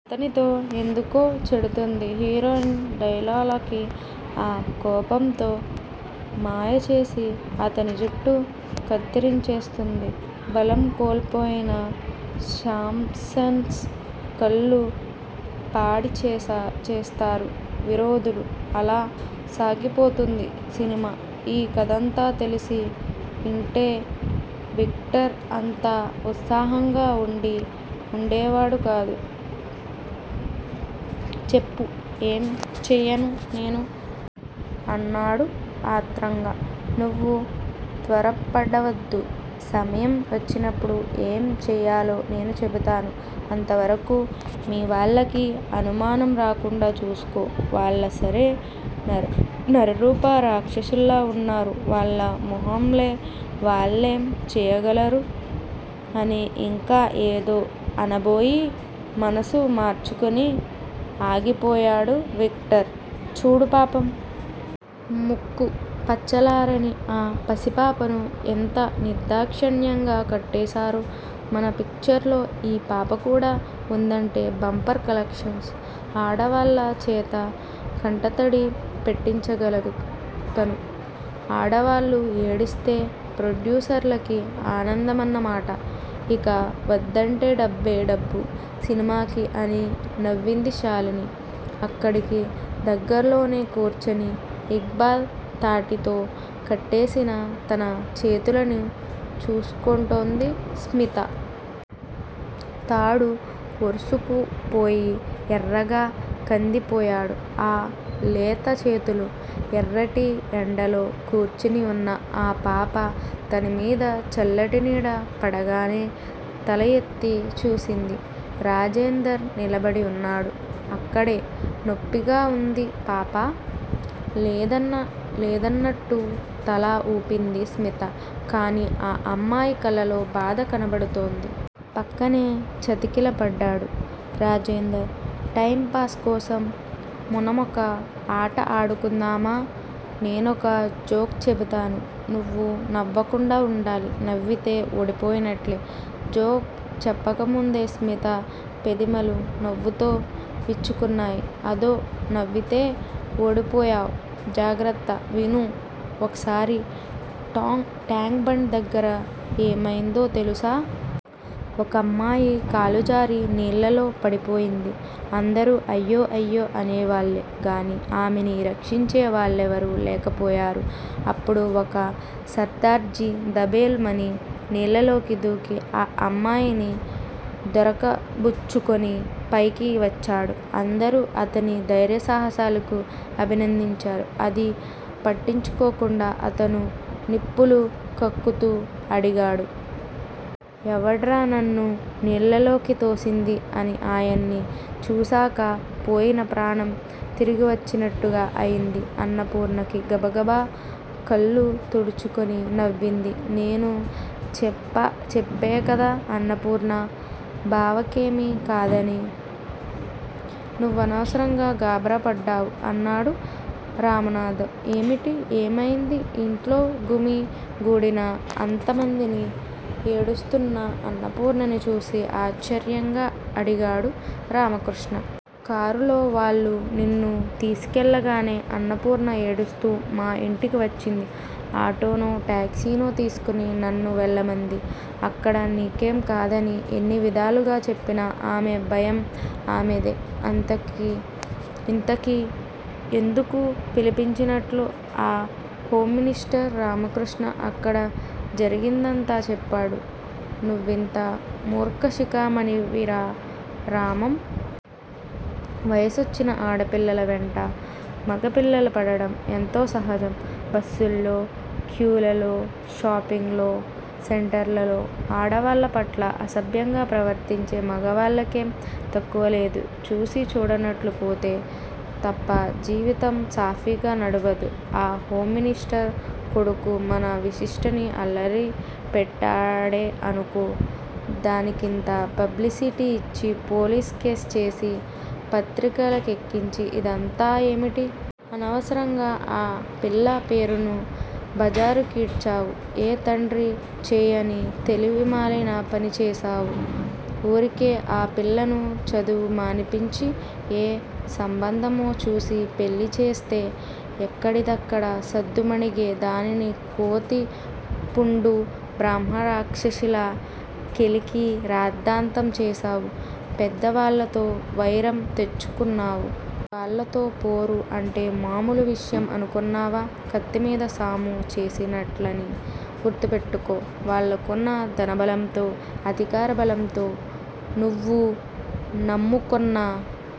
అతనితో ఎందుకో చెడుతుంది. హీరోయిన్ డెలైలాకి. ఆ కోపంతో మాయచేసి, అతని జుట్టు కత్తిరించేస్తుంది. బలం కోల్పోయిన శామ్సన్ కళ్ళు పాడుచేస్తారు విరోధులు. అలా సాగిపోతుంది సినిమా. ఈ కథంతా తెలిసి ఉంటే, విక్టర్ అంత ఉత్సాహంగా ఉండి ఉండేవాడు కాడు. చెప్పు! ఏం చెయ్యను నేను! అన్నాడు ఆత్రంగా. నువ్వు త్వరపడవద్దు, సమయం వచ్చినప్పుడు ఏం చెయ్యాలో నేను చెబుతాను- అంతవరకూ మీ వాళ్ళకి అనుమానం రాకుండా చూసుకో! వాళ్ళసలే నరరూప రాక్షసుల్లా ఉన్నారు వాళ్ళ మొహంలే! వాళ్ళేం చెయ్యగలరు! అని ఇంకా ఏదో అనబోయి, మనసు మార్చుకుని ఆగిపోయాడు విక్టర్. చూడు పాపం! ముక్కు పచ్చలారని ఆ పసిపాపను ఎంత నిర్దాక్షిణ్యంగా కట్టేశారో! మన పిక్చర్లో ఈ పాపకూడా ఉందంటే బంపర్ కలెక్షన్స్! ఆడవాళ్ళ చేత కంటతడి పెట్టించగలదు తను! ఆడవాళ్ళు ఏడిస్తే ప్రొడ్యూసర్లకి ఆనందమన్న మాట! ఇక వద్దంటే డబ్బే డబ్బు సినిమాకి అని నవ్వింది శాలిని. అక్కడికి దగ్గరలోనే కూర్చుని, ఇక్బాల్ తాటితో కట్టేసిన తన చేతులని చూసుకుంటోంది స్మిత. తాడు ఒరుసుకుపోయి ఎర్రగా కందిపోయాయి, ఆ లేత చేతులు. ఎర్రటి ఎండలో కూర్చుని ఉన్న ఆ పాప, తనమీద చల్లటి నీడ పడగానే తల ఎత్తి చూసింది. రాజేందర్ నిలబడి ఉన్నాడు అక్కడే. నొప్పిగా ఉందా పాపా? లేదన్నట్లు తల ఊపింది స్మిత. కానీ ఆ అమ్మాయి కళ్ళలో బాధ కనబడుతోంది. పక్కనే చతికిల బడ్డాడు రాజేందర్. టైంపాస్ కోసం మనమొక ఆట ఆడుకుందామా? నేనొక జోక్ చెబుతాను. నువ్వు నవ్వకుండా ఉండాలి. నవ్వితే ఓడిపోయినట్లే! జోక్ చెప్పకముందే స్మిత పెదిమలు నవ్వుతో విచ్చుకున్నాయి. అదో! నవ్వితే ఓడిపోతావ్! జాగ్రత్త! విను. ఒకసారి టాంక్ బండ్ దగ్గర ఏమయిందో తెలుసా? ఒకమ్మాయి కాలు జారి నీళ్ళలో పడిపోయింది. అందరూ అయ్యో అయ్యో అనేవాళ్ళే గాని ఆమెని రక్షించే వాళ్ళెవరూ లేకపోయారు. అప్పుడు ఒక సర్దార్జీ దభేలుమని నీళ్ళలోకి దూకి, ఆ అమ్మాయిని దొరకబుచ్చుకుని, పైకి వచ్చాడు. అందరూ అతని ధైర్య సాహసాలను అభినందిస్తున్నారు. అది పట్టించుకోకుండా అతను నిప్పులు కక్కుతూ అడిగాడు. 'ఎవడ్రా నన్ను నీళ్ళలోకి తోసిందీ' అని ఆయన్ని చూశాక పోయిన ప్రాణం తిరిగివచ్చినట్టుగా అయింది అన్నపూర్ణకి. గబగబా కళ్ళు తుడుచుకుని నవ్వింది. నేను చెప్పాకదా అన్నపూర్ణా! బావకేమీ కాదని? నువ్వనవసరంగా గాబరా పడ్డావు! అన్నాడు రామనాధం. ఏమిటీ? ఏమైందీ? ఇంట్లో గుమి గూడిన అంత మందినీ, ఏడుస్తూన్న అన్నపూర్ణనీ చూసి ఆశ్చర్యంగా అడిగాడు రామకృష్ణ. కారులో వాళ్ళు నిన్ను తీసుకెళ్ళగానే అన్నపూర్ణ ఏడుస్తూ మా ఇంటికి వచ్చింది. ఆటోనో, టాక్సీనో తీసుకొని నన్ను వెళ్ళమంది. అక్కడ నీకేం కాదని ఎన్నివిధాలుగా చెప్పినా ఆమె భయం ఆమెదే! ఇంతకీ ఎందుకు పిలిపించినట్లు ఆ హోంమినిస్టరు? రామకృష్ణ అక్కడ జరిగిందంతా చెప్పాడు. నువ్వింత మూర్ఖశిఖామణివిరా రామం! వయసొచ్చిన ఆడపిల్లల వెంట మగ పిల్లలు పడడం ఎంతో సహజం. బస్సుల్లో క్యూలలో, షాపింగ్ సెంటర్లలో ఆడవాళ్ళ పట్ల అసభ్యంగా ప్రవర్తించే మగవాళ్ళకేం తక్కువ లేదు. చూసీ చూడనట్లు పోతే తప్ప జీవితం సాఫీగా నడవదు. ఆ హోంమినిస్టరు కొడుకు మన విశిష్టని అల్లరి పెట్టాడే అనుకో దానికింత పబ్లిసిటీ ఇచ్చి పోలీసు కేసు చేసి పత్రికలకెక్కి ఇదంతా ఏమిటి? అనవసరంగా ఆ పిల్ల పేరును బజారుకీడ్చావు! ఏ తండ్రీ చెయ్యని తెలివి మాలిన పని చేశావు. ఊరికే ఆ పిల్లను చదువు మానిపించి, ఏ సంబంధమో చూసి పెళ్ళి చేస్తే ఎక్కడిదక్కడ సద్దుమణిగే దానికి కోతి పుండు బ్రహ్మరాక్షసిలా కెలికి రాద్దాంతం చేశావు. పెద్దవాళ్ళతో వైరం తెచ్చుకున్నావు. వాళ్ళతో పోరు అంటే మామూలు విషయం అనుకొన్నావా? కత్తిమీద సాము చేసినట్లని గుర్తుపెట్టుకో. వాళ్ళకున్న ధనబలంతో, అధికార బలంతో నువ్వు నమ్ముకొన్న